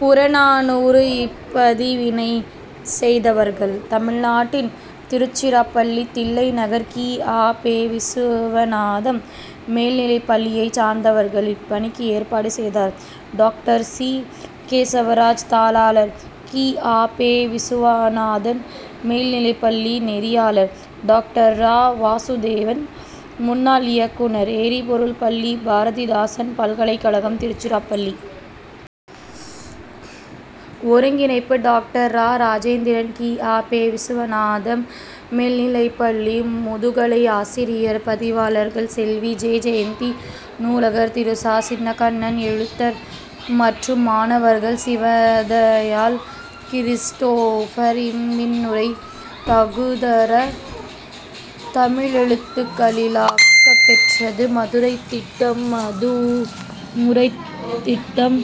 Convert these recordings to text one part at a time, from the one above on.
புறநானூறு இப்பதிவினைச் செய்தவர்கள்: தமிழ்நாட்டின் திருச்சிராப்பள்ளி, தில்லைநகர், கி. ஆ. பெ. விசுவநாதம் மேல்நிலைப்பள்ளியைச் சார்ந்தவர்கள் இப்பணிக்கு ஏற்பாடு செய்தோர்:- டாக்டர் சி. கேசவராஜ், தாளாளர், கி. ஆ. பெ. விசுவநாதம் மேல்நிலைப்பள்ளி நெறியாளர்: டாக்டர் இரா. வாசுதேவன், முன்னாள் இயக்குநர், எரிபொருள் பள்ளி, பாரதிதாசன் பல்கலைக்கழகம், திருச்சிராப்பள்ளி. ஒருங்கிணைப்பு:- டாக்டர். இரா. இராஜேந்திரன், கி. ஆ. பெ. விசுவநாதம் மேல்நிலைப்பள்ளி, முதுகலையாசிரியர் பதிவாளர்கள்: செல்வி. ஜெ. ஜெயந்தி, நூலகர்; திரு. ச. சின்னக்கண்ணன், எழுத்தர் மற்றும் மாணவர்கள்: சிவதயாள், கிறிஸ்டோபர் இம்மின்னுரை தகுதர தமிழெழுத்துக்களிலாக்கப் பெற்றது. மதுரைத் திட்டம் மதுரைத் திட்டம்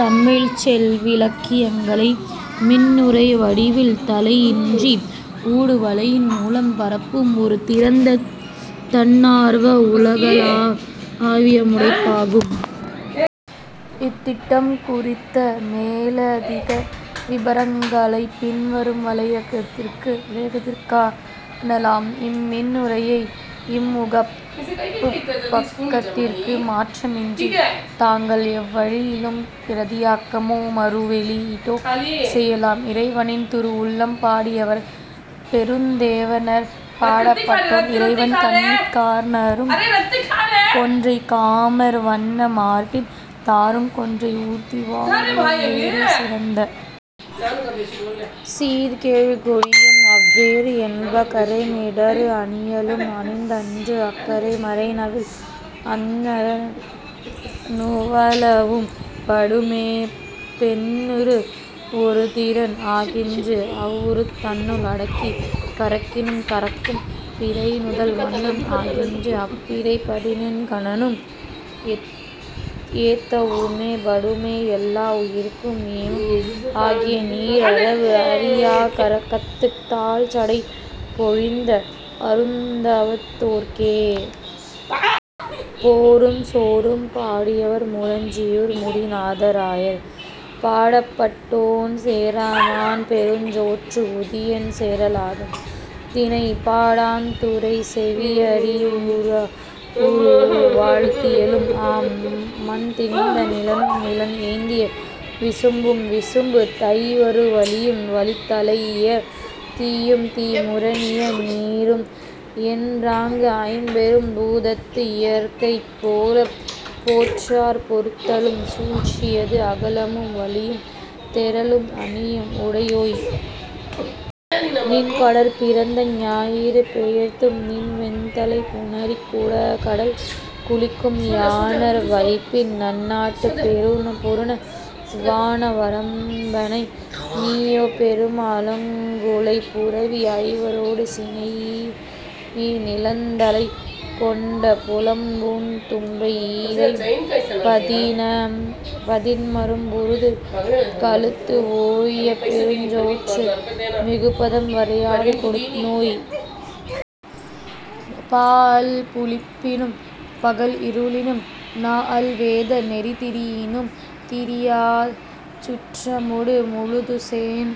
தமிழ்ச் செவ்விலக்கியங்களை மின்னுரைவடிவில், தளையின்றி ஊடுவலையின் மூலம் பரப்பும் ஒரு திறந்த, தன்னார்வ, உலகளாவியமுனைப்பாகும். இத்திட்டம் குறித்த மேலதிக விபரங்களைப் பின்வரும் வலையகத்திற் காணலாம். இம்மின்னுரையை, இம்முகப்புப் பக்கத்திற்கு மாற்றமின்றி, தாங்கள் எவ்வழியிலும் பிரதியாக்கமோ, மறுவெளியீடோ செய்யலாம்.. இறைவனின் திருவுள்ளம்! பாடியவர்:பெருந்தேவனார். பாடப்பட்டோன்: இறைவன் கண்ணி கார்நறுங் கொன்றை; காமர் வண்ண மார்பின் தாருங் கொன்றை; ஊர்தி வால்வெள் ளேறே; சிறந்த சீர்கெழு கொடியும் அவ்வேறு என்ப; கறைமிடறு அணியலும் அணிந்தன்று; அக்கறை மறைநவில் அந்தணர் நுவலவும் படுமே; பெண்ணுரு ஒரு திறன் ஆகின்று; அவ்வுருத் தன்னுள் அடக்கிக் கரக்கினும் கரக்கும்; பிறை நுதல் வண்ணம் ஆகின்று; அப்பிறை பதினெண் கணனும் ஏத்தவும் படுமே; எல்லா உயிர்க்கும் ஏமம் ஆகிய, நீரறவு அறியாக் கரகத்துத், தாழ்சடைப் பொலிந்த அருந்தவத் தோற்கே.. போரும் சோறும்! பாடியவர்: முரஞ்சியூர் முடிநாகராயர். பாடப்பட்டோன்: சேரமான் பெருஞ்சோற்று உதியன் சேரலாதன். திணை: பாடாண். துறை: செவியறிவுறூஉ; வாழ்த்தியலும் ஆம். மண் திணிந்த நிலனும், நிலம் ஏந்திய விசும்பும், விசும்பு தைவரு வளியும் வளித் தலைஇய தீயும், தீ முரணிய நீரும், என்றாங்கு ஐம்பெரும் பூதத்து இயற்கை போலப் போற்றார்ப் பொறுத்தலும், சூழ்ச்சியது அகலமும் வலியும், தெறலும், அணியும், உடையோய்! நின்கடற் பிறந்த ஞாயிறு பெயர்த்தும் நின் வெண்தலைப் புணரிக் குடகடல் குளிக்கும் யாணர் வைப்பின், நன்னாட்டுப் பொருந! வான வரம்பனை! நீயோ, பெரும! அலங்குளைப் புரவி ஐவரோடு சினைஇ, நிலந்தலைக் கொண்ட பொலம்பூந் தும்பை ஈரைம் பதின்மரும் பொருது, களத்து ஒழியப் பெருஞ்சோற்று மிகுபதம் வரையாது கொடுத்தோய்! பாஅல் புளிப்பினும், பகல் இருளினும், நாஅல் வேத நெறி திரியினும் திரியாச் சுற்றமொடு முழுதுசேண்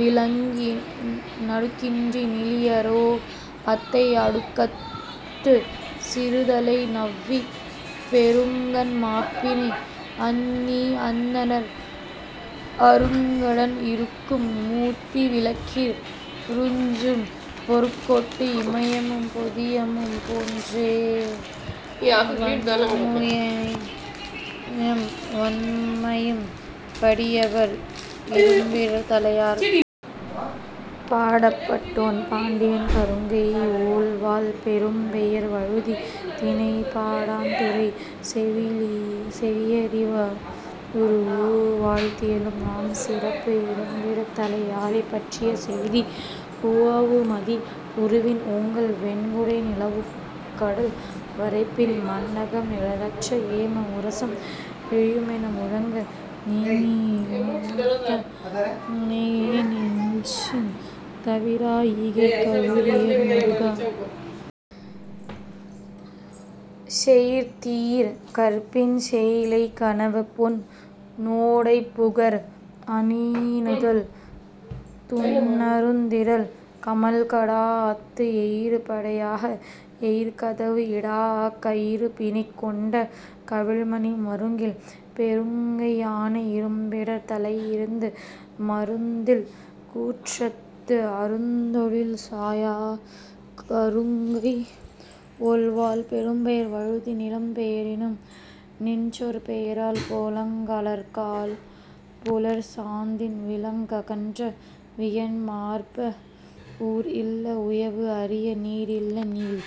விளங்கி, நடுக்கின்றி நிலியரோ அத்தை; அடுக்கத்துச், சிறுதலை நவ்விப் பெருங்கண் மாப்பிணை, அந்தி அந்தணர் அருங்கடன் இறுக்கும் முத்தீ விளக்கிற், றுஞ்சும் பொற்கோட்டு இமயமும், பொதியமும், போன்றே!.வன்மையும் வண்மையும்! பாடியவர்: இரும்பிடர்த் தலையார். பாடப்பட்டோன்: பாண்டியன் கருங்கை ஒள்வாள் பெரும்பெயர் வழுதி. திணை: பாடாண். துறை: செவியறிவுறூஉ; வாழ்த்தியலும் ஆம். சிறப்பு: இரும்பிடத் தலையாரைப் பற்றிய செய்தி. உவவுமதி உருவின் ஓங்கல் வெண்குடை நிலவுக்கடல் வரைப்பின் மண்ணகம் நிழற்ற, ஏம முரசம் இழுமென முழங்க, நேமி யுய்த்த நேஎ நெஞ்சின், தவிரா ஈகைக், கவுரியர் மருக! செயிர்தீர் கற்பின் சேயிழை கணவ! பொன் னோடைப் புகர் அணிநுதல் துன்னருந் திறல் கமழ்கடா அத்து எயிரு படையாக, எயிற்கதவு இடாஅக் கயிறுபிணிக் கொண்ட கவிழ்மணி மருங்கில். பெருங்கை யானை இரும்பிடர்த் தலையிருந்து மருந்தில் கூற்றத்து அருந்தொழில் சாயாக் கருங்கை ஒள்வாள் பெரும்பெயர் வழுதி! நிலம் பெயரினும், நின்சொற் பெயரல்; பொலங் கழற்காற், புலர் சாந்தின் விலங் ககன்ற வியன் மார்ப! ஊர் இல்ல, உயவு அரிய, நீர் இல்ல, நீள்